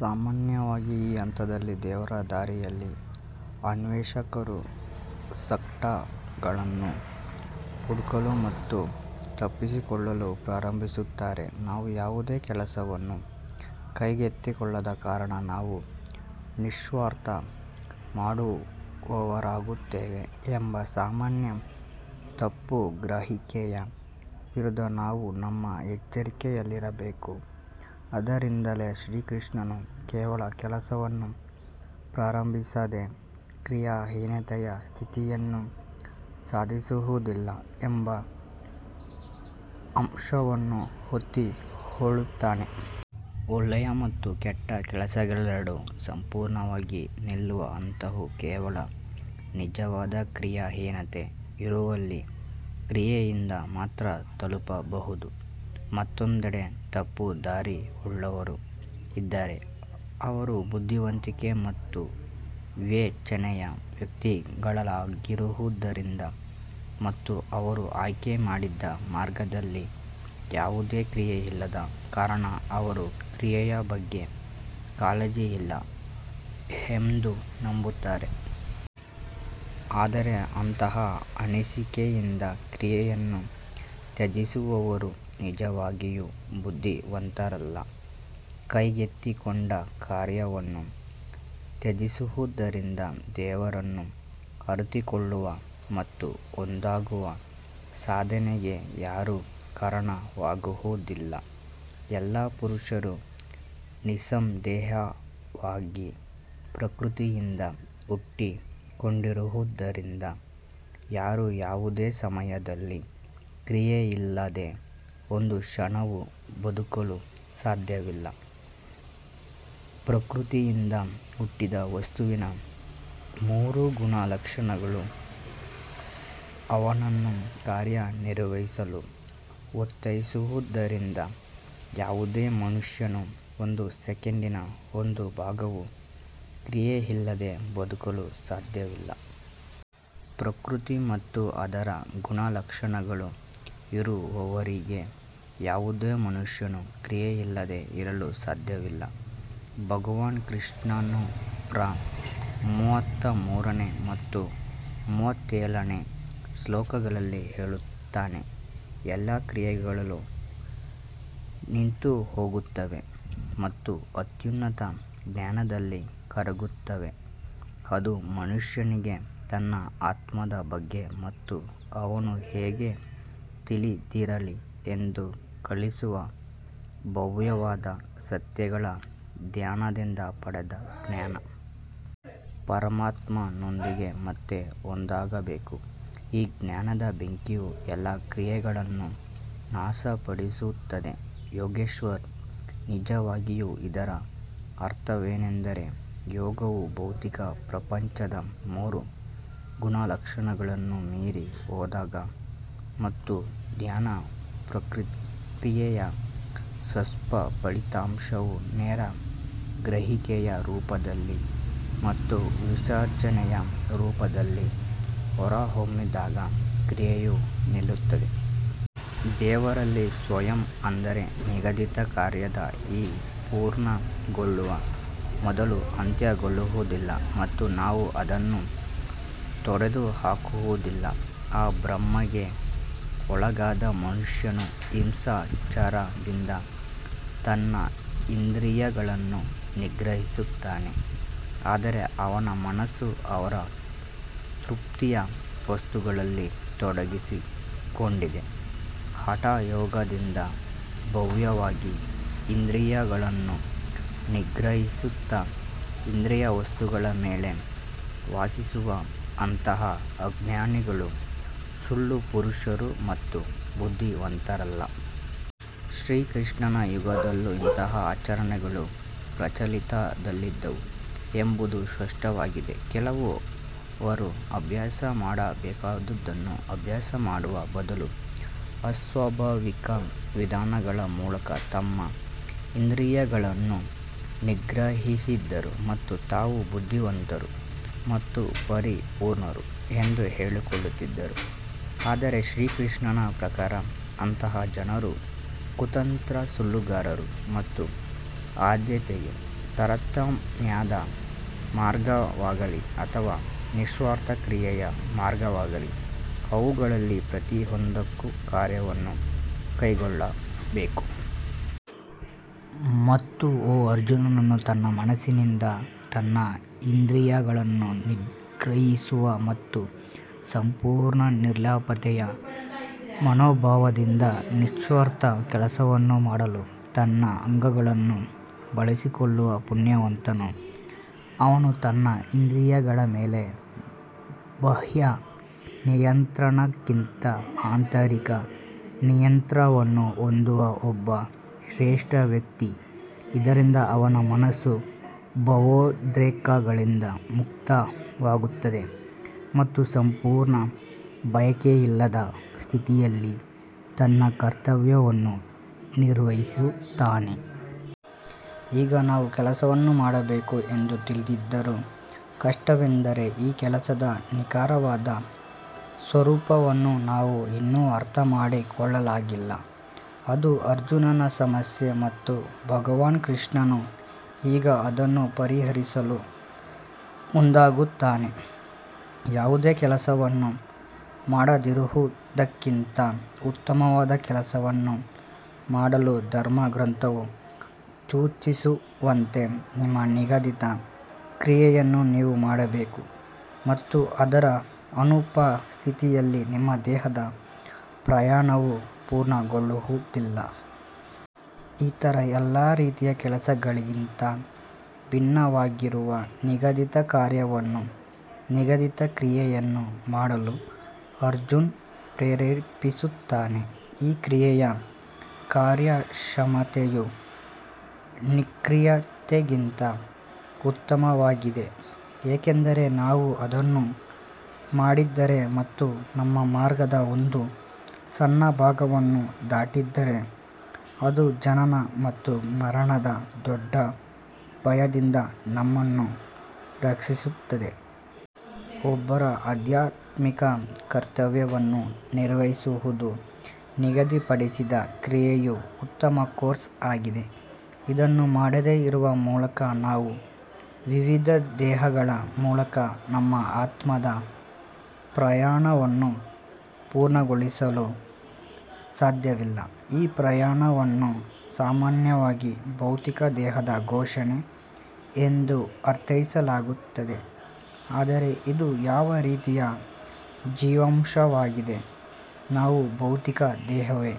ಸಾಮಾನ್ಯವಾಗಿ ಈ ಹಂತದಲ್ಲಿ ದೇವರ ದಾರಿಯಲ್ಲಿ ಅನ್ವೇಷಕರು ಶಾರ್ಟ್ಕಟ್ಗಳನ್ನು ಹುಡುಕಲು ಮತ್ತು ತಪ್ಪಿಸಿಕೊಳ್ಳಲು ಪ್ರಾರಂಭಿಸುತ್ತಾರೆ ನಾವು ಯಾವುದೇ ಕೆಲಸವನ್ನು ಕೈಗೆತ್ತಿಕೊಳ್ಳದ ಕಾರಣ ನಾವು ನಿಸ್ವಾರ್ಥ ಮಾಡುವವರಾಗುತ್ತೇವೆ ಎಂಬ ಸಾಮಾನ್ಯ ತಪ್ಪುಗ್ರಹಿಕೆಯ ವಿರುದ್ಧ ನಾವು ನಮ್ಮ ಎಚ್ಚರಿಕೆಯಲ್ಲಿರಬೇಕು. ಆದ್ದರಿಂದಲೇ ಶ್ರೀಕೃಷ್ಣನು ಕೇವಲ ಕೆಲಸವನ್ನು ಪ್ರಾರಂಭಿಸದೆ ಕ್ರಿಯಾಹೀನತೆಯ ಸ್ಥಿತಿಯನ್ನು ಸಾಧಿಸುವುದಿಲ್ಲ ಎಂಬ ಅಂಶವನ್ನು ಒತ್ತಿಹೇಳುತ್ತಾನೆ. ಒಳ್ಳೆಯ ಮತ್ತು ಕೆಟ್ಟ ಕೆಲಸಗಳೆರಡೂ ಸಂಪೂರ್ಣವಾಗಿ ನಿಲ್ಲುವ ಹಂತವು ಕೇವಲ ನಿಜವಾದ ಕ್ರಿಯಾಹೀನತೆ ಇರುವಲ್ಲಿ ಕ್ರಿಯೆಯಿಂದ ಮಾತ್ರ ತಲುಪಬಹುದು. ಮತ್ತೊಂದೆಡೆ ತಪ್ಪುದಾರಿಯುಳ್ಳವರು ಇದ್ದಾರೆ, ಅವರು ಬುದ್ಧಿವಂತಿಕೆ ಮತ್ತು ವಿವೇಚನೆಯ ವ್ಯಕ್ತಿಗಳಾಗಿರುವುದರಿಂದ ಮತ್ತು ಅವರು ಆಯ್ಕೆ ಮಾಡಿದ ಮಾರ್ಗದಲ್ಲಿ ಯಾವುದೇ ಕ್ರಿಯೆಯಿಲ್ಲದ ಕಾರಣ ಅವರು ಕ್ರಿಯೆಯ ಬಗ್ಗೆ ಕಾಳಜಿಯಿಲ್ಲ ಎಂದು ನಂಬುತ್ತಾರೆ. ಆದರೆ ಅಂತಹ ಅನಿಸಿಕೆಯಿಂದ ಕ್ರಿಯೆಯನ್ನು ತ್ಯಜಿಸುವವರು ನಿಜವಾಗಿಯೂ ಬುದ್ಧಿವಂತರಲ್ಲ ಕೈಗೆತ್ತಿಕೊಂಡ ಕಾರ್ಯವನ್ನು ತ್ಯಜಿಸುವುದರಿಂದ ದೇವರನ್ನು ಅರಿತುಕೊಳ್ಳುವ ಮತ್ತು ಒಂದಾಗುವ ಸಾಧನೆಗೆ ಯಾರೂ ಕಾರಣವಾಗುವುದಿಲ್ಲ. ಎಲ್ಲಾ ಪುರುಷರು ನಿಸ್ಸಂದೇಹವಾಗಿ ಪ್ರಕೃತಿಯಿಂದ ಹುಟ್ಟಿಕೊಂಡಿರುವುದರಿಂದ ಯಾರೂ ಯಾವುದೇ ಸಮಯದಲ್ಲಿ ಕ್ರಿಯೆಯಿಲ್ಲದೆ ಒಂದು ಕ್ಷಣವೂ ಬದುಕಲು ಸಾಧ್ಯವಿಲ್ಲ ಪ್ರಕೃತಿಯಿಂದ ಹುಟ್ಟಿದ ವಸ್ತುವಿನ ಮೂರು ಗುಣಲಕ್ಷಣಗಳು ಅವನನ್ನು ಕಾರ್ಯನಿರ್ವಹಿಸಲು ಒತ್ತಾಯಿಸುವುದರಿಂದ ಯಾವುದೇ ಮನುಷ್ಯನು ಒಂದು ಸೆಕೆಂಡಿನ ಒಂದು ಭಾಗವೂ ಕ್ರಿಯೆಯಿಲ್ಲದೆ ಬದುಕಲು ಸಾಧ್ಯವಿಲ್ಲ. ಪ್ರಕೃತಿ ಮತ್ತು ಅದರ ಗುಣಲಕ್ಷಣಗಳು ಇರುವವರೆಗೆ ಯಾವುದೇ ಮನುಷ್ಯನು ಕ್ರಿಯೆಯಿಲ್ಲದೆ ಇರಲು ಸಾಧ್ಯವಿಲ್ಲ ಭಗವಾನ್ ಕೃಷ್ಣನು ರ ಮೂವತ್ತಮೂರನೇ ಮತ್ತು ಮೂವತ್ತೇಳನೇ ಶ್ಲೋಕಗಳಲ್ಲಿ ಹೇಳುತ್ತಾನೆ, ಎಲ್ಲಾ ಕ್ರಿಯೆಗಳು ನಿಂತುಹೋಗುತ್ತವೆ ಮತ್ತು ಅತ್ಯುನ್ನತ ಜ್ಞಾನದಲ್ಲಿ ಕರಗುತ್ತವೆ, ಅದು ಮನುಷ್ಯನಿಗೆ ತನ್ನ ಆತ್ಮದ ಬಗ್ಗೆ ಮತ್ತು ಅವನು ಹೇಗೆ ತಿಳಿದಿರಲಿ ಎಂದು ಕಲಿಸುವ ಭವ್ಯವಾದ ಸತ್ಯಗಳ ಧ್ಯಾನದಿಂದ ಪಡೆದ ಜ್ಞಾನ. ಪರಮಾತ್ಮನೊಂದಿಗೆ ಮತ್ತೆ ಒಂದಾಗಬೇಕು ಈ ಜ್ಞಾನದ ಬೆಂಕಿಯು ಎಲ್ಲಾ ಕ್ರಿಯೆಗಳನ್ನು ನಾಶಪಡಿಸುತ್ತದೆ ಯೋಗೇಶ್ವರ್ ನಿಜವಾಗಿಯೂ ಇದರ ಅರ್ಥವೇನೆಂದರೆ, ಯೋಗವು ಭೌತಿಕ ಪ್ರಪಂಚದ ಮೂರು ಗುಣಲಕ್ಷಣಗಳನ್ನು ಮೀರಿ ಹೋದಾಗ ಮತ್ತು ಧ್ಯಾನ ಪ್ರಕ್ರಿಯೆಯ ಸ್ಪಷ್ಟ ಫಲಿತಾಂಶವು ನೇರ ಗ್ರಹಿಕೆಯ ರೂಪದಲ್ಲಿ ಮತ್ತು ವಿಸರ್ಜನೆಯ ರೂಪದಲ್ಲಿ ಹೊರಹೊಮ್ಮಿದಾಗ ಕ್ರಿಯೆಯು ನಿಲ್ಲುತ್ತದೆ. ದೇವರಲ್ಲಿ ಸ್ವಯಂ ಆದರೆ ನಿಗದಿತ ಕಾರ್ಯದ ಈ ಪೂರ್ಣಗೊಳ್ಳುವ ಮೊದಲು ಅಂತ್ಯಗೊಳ್ಳುವುದಿಲ್ಲ ಮತ್ತು ನಾವು ಅದನ್ನು ತೊಡೆದುಹಾಕುವುದಿಲ್ಲ ಆ ಭ್ರಮೆಗೆ ಒಳಗಾದ ಮನುಷ್ಯನು ಹಿಂಸಾಚಾರದಿಂದ ತನ್ನ ಇಂದ್ರಿಯಗಳನ್ನು ನಿಗ್ರಹಿಸುತ್ತಾನೆ ಆದರೆ ಅವನ ಮನಸ್ಸು ಅವರ ತೃಪ್ತಿಯ ವಸ್ತುಗಳಲ್ಲಿ ತೊಡಗಿಸಿಕೊಂಡಿದೆ. ಹಠಯೋಗದಿಂದ ಬಾಹ್ಯವಾಗಿ ಇಂದ್ರಿಯಗಳನ್ನು ನಿಗ್ರಹಿಸುತ್ತಾ ಇಂದ್ರಿಯ ವಸ್ತುಗಳ ಮೇಲೆ ವಾಸಿಸುವ ಅಂತಹ ಅಜ್ಞಾನಿಗಳು ಸುಳ್ಳು ಪುರುಷರು ಮತ್ತು ಬುದ್ಧಿವಂತರಲ್ಲ. ಶ್ರೀಕೃಷ್ಣನ ಯುಗದಲ್ಲೂ ಇಂತಹ ಆಚರಣೆಗಳು ಪ್ರಚಲಿತದಲ್ಲಿದ್ದವು ಎಂಬುದು ಸ್ಪಷ್ಟವಾಗಿದೆ ಕೆಲವರು ಅಭ್ಯಾಸ ಮಾಡಬೇಕಾದುದನ್ನು ಅಭ್ಯಾಸ ಮಾಡುವ ಬದಲು ಅಸ್ವಾಭಾವಿಕ ವಿಧಾನಗಳ ಮೂಲಕ ತಮ್ಮ ಇಂದ್ರಿಯಗಳನ್ನು ನಿಗ್ರಹಿಸಿದರು ಮತ್ತು ತಾವು ಬುದ್ಧಿವಂತರು ಮತ್ತು ಪರಿಪೂರ್ಣರು ಎಂದು ಹೇಳಿಕೊಳ್ಳುತ್ತಿದ್ದರು. ಆದರೆ ಶ್ರೀಕೃಷ್ಣನ ಪ್ರಕಾರ ಅಂತಹ ಜನರು ಕುತಂತ್ರ ಸುಳ್ಳುಗಾರರು ನಮ್ಮ ಆದ್ಯತೆಯು ತಾರತಮ್ಯದ ಮಾರ್ಗವಾಗಲಿ ಅಥವಾ ನಿಸ್ವಾರ್ಥ ಕ್ರಿಯೆಯ ಮಾರ್ಗವಾಗಲಿ ಅವುಗಳಲ್ಲಿ ಪ್ರತಿಯೊಂದಕ್ಕೂ ಕಾರ್ಯವನ್ನು ಕೈಗೊಳ್ಳಬೇಕು. ಮತ್ತು ಓ ಅರ್ಜುನನು ತನ್ನ ಮನಸ್ಸಿನಿಂದ ತನ್ನ ಇಂದ್ರಿಯಗಳನ್ನು ನಿಗ್ರಹಿಸುವ ಮತ್ತು ಸಂಪೂರ್ಣ ನಿರ್ಲಿಪ್ತತೆಯ ಮನೋಭಾವದಿಂದ ನಿಸ್ವಾರ್ಥ ಕೆಲಸವನ್ನು ಮಾಡಲು ತನ್ನ ಅಂಗಗಳನ್ನು ಬಳಸಿಕೊಳ್ಳುವ ಪುಣ್ಯವಂತನು ಅವನು ತನ್ನ ಇಂದ್ರಿಯಗಳ ಮೇಲೆ ಬಾಹ್ಯ ನಿಯಂತ್ರಣಕ್ಕಿಂತ ಆಂತರಿಕ ನಿಯಂತ್ರಣವನ್ನು ಹೊಂದುವ ಒಬ್ಬ ಶ್ರೇಷ್ಠ ವ್ಯಕ್ತಿ, ಇದರಿಂದ ಅವನ ಮನಸ್ಸು ಭಾವೋದ್ರೇಕಗಳಿಂದ ಮುಕ್ತವಾಗುತ್ತದೆ ಮತ್ತು ಸಂಪೂರ್ಣ ಬಯಕೆಯಿಲ್ಲದ ಸ್ಥಿತಿಯಲ್ಲಿ ತನ್ನ ಕರ್ತವ್ಯವನ್ನು ನಿರ್ವಹಿಸುತ್ತಾನೆ. ಈಗ ನಾವು ಕೆಲಸವನ್ನು ಮಾಡಬೇಕು ಎಂದು ತಿಳಿದಿದ್ದರೂ ಕಷ್ಟವೆಂದರೆ ಈ ಕೆಲಸದ ನಿಖರವಾದ ಸ್ವರೂಪವನ್ನು ನಾವು ಇನ್ನೂ ಅರ್ಥಮಾಡಿಕೊಳ್ಳಲಾಗಿಲ್ಲ. ಅದು ಅರ್ಜುನನ ಸಮಸ್ಯೆ ಮತ್ತು ಭಗವಾನ್ ಕೃಷ್ಣನು ಈಗ ಅದನ್ನು ಪರಿಹರಿಸಲು ಮುಂದಾಗುತ್ತಾನೆ ಯಾವುದೇ ಕೆಲಸವನ್ನು ಮಾಡದಿರುವದಕ್ಕಿಂತ ಉತ್ತಮವಾದ ಕೆಲಸವನ್ನು ಮಾಡಲು ಧರ್ಮಗ್ರಂಥವು ಸೂಚಿಸಿರುವಂತೆ ನಿಮ್ಮ ನಿಗದಿತ ಕ್ರಿಯೆಯನ್ನು ನೀವು ಮಾಡಬೇಕು ಮತ್ತು ಅದರ ಅನುಪಸ್ಥಿತಿಯಲ್ಲಿ ನಿಮ್ಮ ದೇಹದ ಪ್ರಯಾಣವೂ ಪೂರ್ಣಗೊಳ್ಳುವುದಿಲ್ಲ. ಇತರ ಎಲ್ಲಾ ರೀತಿಯ ಕೆಲಸಗಳಿಗಿಂತ ಭಿನ್ನವಾಗಿರುವ ನಿಗದಿತ ಕಾರ್ಯವನ್ನು ನಿಗದಿತ ಕ್ರಿಯೆಯನ್ನು ಮಾಡಲು ಅರ್ಜುನ್ ಪ್ರೇರೇಪಿಸುತ್ತಾನೆ. ಈ ಕ್ರಿಯೆಯ ಕಾರ್ಯಕ್ಷಮತೆಯು ನಿಷ್ಕ್ರಿಯತೆಗಿಂತ ಉತ್ತಮವಾಗಿದೆ ಏಕೆಂದರೆ ನಾವು ಅದನ್ನು ಮಾಡಿದರೆ ಮತ್ತು ನಮ್ಮ ಮಾರ್ಗದ ಒಂದು ಸಣ್ಣ ಭಾಗವನ್ನು ದಾಟಿದರೆ ಅದು ಜನನ ಮತ್ತು ಮರಣದ ದೊಡ್ಡ ಭಯದಿಂದ ನಮ್ಮನ್ನು ರಕ್ಷಿಸುತ್ತದೆ. ಒಬ್ಬರ ಆಧ್ಯಾತ್ಮಿಕ ಕರ್ತವ್ಯವನ್ನು ನಿರ್ವಹಿಸುವುದು, ನಿಗದಿಪಡಿಸಿದ ಕ್ರಿಯೆಯು ಉತ್ತಮ ಕೋರ್ಸ್ ಆಗಿದೆ ಇದನ್ನು ಮಾಡದೆ ಇರುವ ಮೂಲಕ ನಾವು ವಿವಿಧ ದೇಹಗಳ ಮೂಲಕ ನಮ್ಮ ಆತ್ಮದ ಪ್ರಯಾಣವನ್ನು ಪೂರ್ಣಗೊಳಿಸಲು ಸಾಧ್ಯವಿಲ್ಲ ಈ ಪ್ರಯಾಣವನ್ನು ಸಾಮಾನ್ಯವಾಗಿ ಭೌತಿಕ ದೇಹದ ಪೋಷಣೆ ಎಂದು ಅರ್ಥೈಸಲಾಗುತ್ತದೆ ಆದರೆ ಇದು ಯಾವ ರೀತಿಯ ಜೀವನಾಂಶವಾಗಿದೆ ನಾವು ಭೌತಿಕ ದೇಹವೇ.